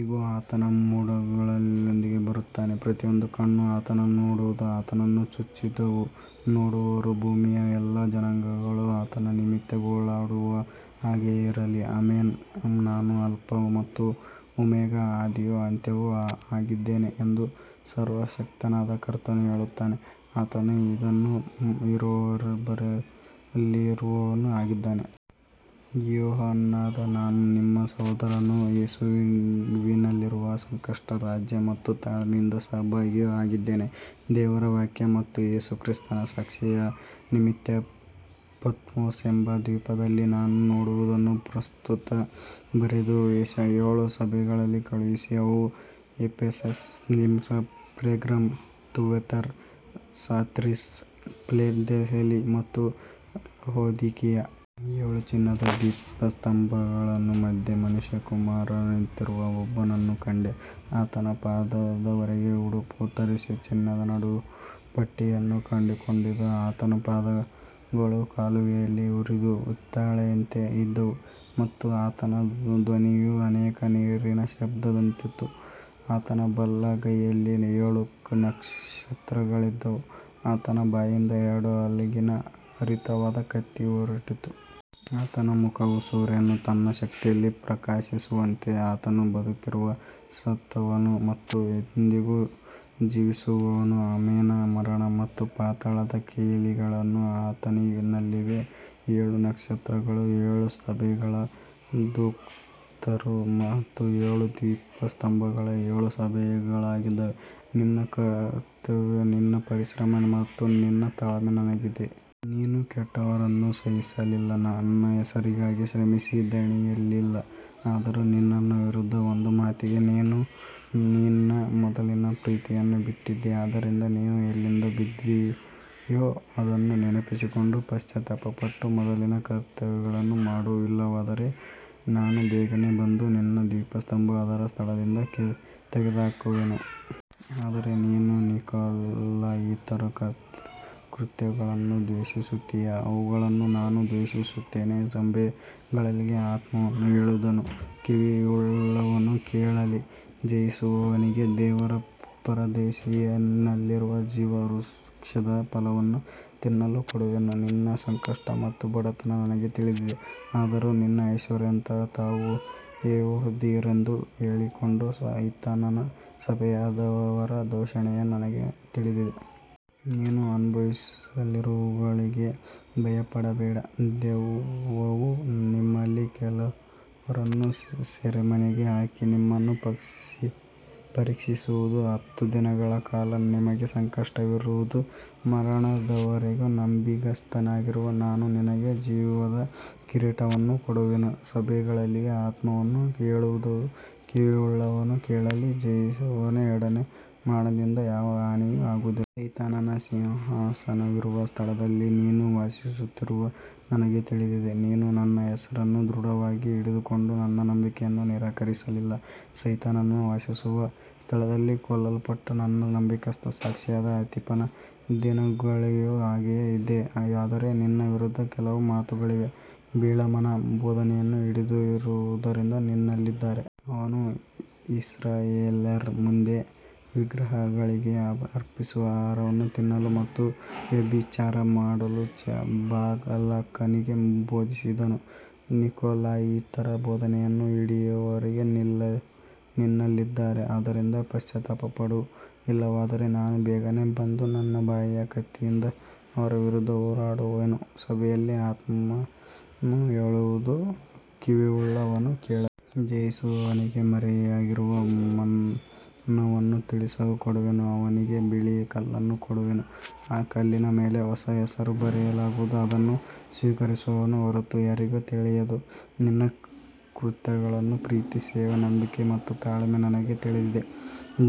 ಇಗೋ, ಆತನು ಮೋಡಗಳೊಂದಿಗೆ ಬರುತ್ತಾನೆ. ಪ್ರತಿಯೊಂದು ಕಣ್ಣೂ ಆತನನ್ನು ನೋಡುವುದು, ಆತನನ್ನು ಚುಚ್ಚಿದವರೂ ನೋಡುವರು. ಭೂಮಿಯ ಎಲ್ಲಾ ಜನಾಂಗಗಳು ಆತನ ನಿಮಿತ್ತ ಗೋಳಾಡುವರು. ಹಾಗೆಯೇ ಇರಲಿ. ಆಮೆನ್. ನಾನು ಆಲ್ಫಾ ಮತ್ತು ಒಮೆಗಾ, ಆದಿಯೂ ಅಂತ್ಯವೂ ಆಗಿದ್ದೇನೆ ಎಂದು ಸರ್ವಶಕ್ತನಾದ ಕರ್ತನು ಹೇಳುತ್ತಾನೆ. ಆತನು ಇದ್ದವನೂ ಇರುವವನೂ ಬರಲಿರುವವನೂ ಆಗಿದ್ದಾನೆ. ಯೋಹಾನನಾದ ನಾನು ನಿಮ್ಮ ಸಹೋದರನೂ ಯೇಸುವಿನಲ್ಲಿರುವ ಸಂಕಟ, ರಾಜ್ಯ ಮತ್ತು ತಾಳ್ಮೆಯಲ್ಲಿ ಸಹಭಾಗಿಯೂ ಆಗಿದ್ದೇನೆ. ದೇವರ ವಾಕ್ಯ ಮತ್ತು ಯೇಸು ಕ್ರಿಸ್ತನ ಸಾಕ್ಷಿಯ ನಿಮಿತ್ತ ಪತ್ಮೋಸ್ ಎಂಬ ದ್ವೀಪದಲ್ಲಿದ್ದೆ. ನಾನು ನೋಡುವುದನ್ನು ಪುಸ್ತಕದಲ್ಲಿ ಬರೆದು ಏಷ್ಯಾದ ಏಳು ಸಭೆಗಳಿಗೆ ಕಳುಹಿಸು. ಅವು Ephesus, Smyrna, Pergamum, Thyatira, Sardis, Philadelphia ಮತ್ತು ಲವೋದಿಕೀಯ. ಏಳು ಚಿನ್ನದ ದೀಪಸ್ತಂಭಗಳ ಮಧ್ಯೆ ಮನುಷ್ಯಕುಮಾರನಂತಿರುವ ಒಬ್ಬನನ್ನು ಕಂಡೆ. ಆತನು ಪಾದದವರೆಗಿನ ಉಡುಪನ್ನು ಧರಿಸಿ ಚಿನ್ನದ ನಡುಪಟ್ಟಿಯನ್ನು ಕಟ್ಟಿಕೊಂಡಿದ್ದನು. ಆತನ ಪಾದಗಳು ಕುಲುಮೆಯಲ್ಲಿ ಉರಿದ ಹಿತ್ತಾಳೆಯಂತೆ ಇದ್ದವು ಮತ್ತು ಆತನ ಧ್ವನಿಯು ಅನೇಕ ನೀರಿನ ಶಬ್ದದಂತಿತ್ತು. ಆತನ ಬಲಗೈಯಲ್ಲಿ ಏಳು ನಕ್ಷತ್ರಗಳಿದ್ದವು. ಆತನ ಬಾಯಿಂದ ಎರಡು ಅಲಗಿನ ಹರಿತವಾದ ಕತ್ತಿ ಹೊರಟಿತು. ಆತನ ಮುಖವು ಸೂರ್ಯನು ತನ್ನ ಶಕ್ತಿಯಲ್ಲಿ ಪ್ರಕಾಶಿಸುವಂತಿತ್ತು. ಆತನು ಬದುಕಿರುವವನು, ಸತ್ತವನು ಮತ್ತು ಎಂದೆಂದಿಗೂ ಜೀವಿಸುವವನು. ಆಮೆನ್. ಮರಣ ಮತ್ತು ಪಾತಾಳದ ಕೀಲಿಗಳು ಆತನಲ್ಲಿವೆ. ಏಳು ನಕ್ಷತ್ರಗಳು ಏಳು ಸಭೆಗಳ ದೂತರು ಮತ್ತು ಏಳು ದೀಪಸ್ತಂಭಗಳು ಏಳು ಸಭೆಗಳಾಗಿವೆ. ನಿನ್ನ ಕೃತ್ಯಗಳು, ನಿನ್ನ ಪರಿಶ್ರಮ ಮತ್ತು ನಿನ್ನ ತಾಳ್ಮೆ ನನಗೆ ತಿಳಿದಿವೆ. ನೀನು ಕೆಟ್ಟವರನ್ನು ಸಹಿಸಲಿಲ್ಲ, ನನ್ನ ಹೆಸರಿಗಾಗಿ ಶ್ರಮಿಸಿ ದಣಿಯಲಿಲ್ಲ. ಆದರೂ ನಿನ್ನ ವಿರುದ್ಧ ಒಂದು ಮಾತಿದೆ, ನೀನು ನಿನ್ನ ಮೊದಲಿನ ಪ್ರೀತಿಯನ್ನು ಬಿಟ್ಟಿದ್ದೀ. ಆದ್ದರಿಂದ ನೀನು ಎಲ್ಲಿಂದ ಬಿದ್ದೆಯೋ ಅದನ್ನು ನೆನಪಿಸಿಕೊಂಡು ಪಶ್ಚಾತ್ತಾಪಪಟ್ಟು ಮೊದಲಿನ ಕೃತ್ಯಗಳನ್ನು ಮಾಡು. ಇಲ್ಲವಾದರೆ ನಾನು ಬೇಗನೆ ಬಂದು ನಿನ್ನ ದೀಪಸ್ತಂಭವನ್ನು ಅದರ ಸ್ಥಳದಿಂದ ತೆಗೆದುಹಾಕುವೆನು. ಆದರೆ ನೀನು ನಿಕೊಲಾಯಿತರ ಕೃತ್ಯಗಳನ್ನು ದ್ವೇಷಿಸುತ್ತೀಯೆ, ಅವುಗಳನ್ನು ನಾನೂ ದ್ವೇಷಿಸುತ್ತೇನೆ. ಸಭೆಗಳಿಗೆ ಆತ್ಮನು ಹೇಳುವುದನ್ನು ಕಿವಿಯುಳ್ಳವನು ಕೇಳಲಿ. ಜಯಿಸುವವನಿಗೆ ದೇವರ ಪರದೈಸಿನಲ್ಲಿರುವ ಜೀವವೃಕ್ಷದ ಫಲವನ್ನು ತಿನ್ನಲು ಕೊಡುವೆನು. ನಿನ್ನ ಸಂಕಟ ಮತ್ತು ಬಡತನ ನನಗೆ ತಿಳಿದಿವೆ, ಆದರೂ ನೀನು ಐಶ್ವರ್ಯವಂತನು. ತಾವು ಯೆಹೂದ್ಯರೆಂದು ಹೇಳಿಕೊಂಡು ಸೈತಾನನ ಸಭೆಯಾದವರ ದೂಷಣೆಯೂ ನನಗೆ ತಿಳಿದಿದೆ. ನೀನು ಅನುಭವಿಸಲಿರುವವುಗಳಿಗೆ ಭಯಪಡಬೇಡ. ದೆವ್ವವು ನಿಮ್ಮಲ್ಲಿ ಕೆಲವರನ್ನು ಸೆರೆಮನೆಗೆ ಹಾಕಿ ನಿಮ್ಮನ್ನು ಪರೀಕ್ಷಿಸುವುದು. ಹತ್ತು ದಿನಗಳ ಕಾಲ ನಿಮಗೆ ಸಂಕಟವಿರುವುದು. ಮರಣದವರೆಗೂ ನಂಬಿಗಸ್ತನಾಗಿರು, ನಾನು ನಿನಗೆ ಜೀವದ ಕಿರೀಟವನ್ನು ಕೊಡುವೆನು. ಸಭೆಗಳಿಗೆ ಆತ್ಮನು ಹೇಳುವುದನ್ನು ಕಿವಿಯುಳ್ಳವನು ಕೇಳಲಿ. ಜಯಿಸುವವನಿಗೆ ಎರಡನೆಯ ಮರಣದಿಂದ ಯಾವ ಹಾನಿಯೂ ಆಗುವುದಿಲ್ಲ. ಸೈತಾನನ ಸಿಂಹಾಸನವಿರುವ ಸ್ಥಳದಲ್ಲಿ ನೀನು ವಾಸಿಸುತ್ತಿರುವುದು ನನಗೆ ತಿಳಿದಿದೆ. ನೀನು ನನ್ನ ಹೆಸರನ್ನು ದೃಢವಾಗಿ ಹಿಡಿದುಕೊಂಡು ನನ್ನ ನಂಬಿಕೆಯನ್ನು ನಿರಾಕರಿಸಲಿಲ್ಲ. ಸೈತಾನನು ವಾಸಿಸುವ ಸ್ಥಳದಲ್ಲಿ ಕೊಲ್ಲಲ್ಪಟ್ಟ ನನ್ನ ನಂಬಿಗಸ್ತ ಸಾಕ್ಷಿಯಾದ ಅಂತಿಪನ ದಿನಗಳಲ್ಲಿಯೂ ಹಾಗೆಯೇ ಇದ್ದೆ. ಆದರೆ ನಿನ್ನ ವಿರುದ್ಧ ಕೆಲವು ಮಾತುಗಳಿವೆ. ಬಿಳಾಮನ ಬೋಧನೆಯನ್ನು ಹಿಡಿದಿರುವವರು ನಿನ್ನಲ್ಲಿದ್ದಾರೆ. ಅವನು ಇಸ್ರಾಯೇಲ್ಯರ ಮುಂದೆ ವಿಗ್ರಹಗಳಿಗೆ ಅರ್ಪಿಸಿದ ಆಹಾರವನ್ನು ತಿನ್ನಲು ಮತ್ತು ವ್ಯಭಿಚಾರ ಮಾಡಲು ಬಾಲಾಕನಿಗೆ ಬೋಧಿಸಿದನು. ನಿಕೊಲಾಯಿತರ ಬೋಧನೆಯನ್ನು ಹಿಡಿದವರೂ ನಿನ್ನಲ್ಲಿದ್ದಾರೆ. ಆದ್ದರಿಂದ ಪಶ್ಚಾತ್ತಾಪಪಡು. ಇಲ್ಲವಾದರೆ ನಾನು ಬೇಗನೆ ಬಂದು ನನ್ನ ಬಾಯಿಯ ಕತ್ತಿಯಿಂದ ಅವರ ವಿರುದ್ಧ ಹೋರಾಡುವೆನು. ಸಭೆಗಳಿಗೆ ಆತ್ಮನು ಹೇಳುವುದನ್ನು ಕಿವಿಯುಳ್ಳವನು ಕೇಳಲಿ. ಜಯಿಸುವವನಿಗೆ ಮರೆಯಾಗಿರುವ ಮನ್ನವನ್ನು ತಿನ್ನಲು ಕೊಡುವೆನು. ಅವನಿಗೆ ಬಿಳಿ ಕಲ್ಲನ್ನೂ ಕೊಡುವೆನು. ಆ ಕಲ್ಲಿನ ಮೇಲೆ ಹೊಸ ಹೆಸರನ್ನು ಬರೆಯಲಾಗುವುದು, ಅದನ್ನು ಸ್ವೀಕರಿಸುವವನ ಹೊರತು ಯಾರಿಗೂ ತಿಳಿಯದು. ನಿನ್ನ ಕೃತ್ಯಗಳು, ಪ್ರೀತಿ, ಸೇವೆ, ನಂಬಿಕೆ ಮತ್ತು ತಾಳ್ಮೆ ನನಗೆ ತಿಳಿದಿವೆ.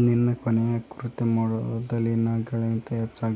ನಿನ್ನ ಕೊನೆಯ ಕೃತ್ಯಗಳು ಮೊದಲಿನವುಗಳಿಗಿಂತ ಹೆಚ್ಚಾಗಿವೆ.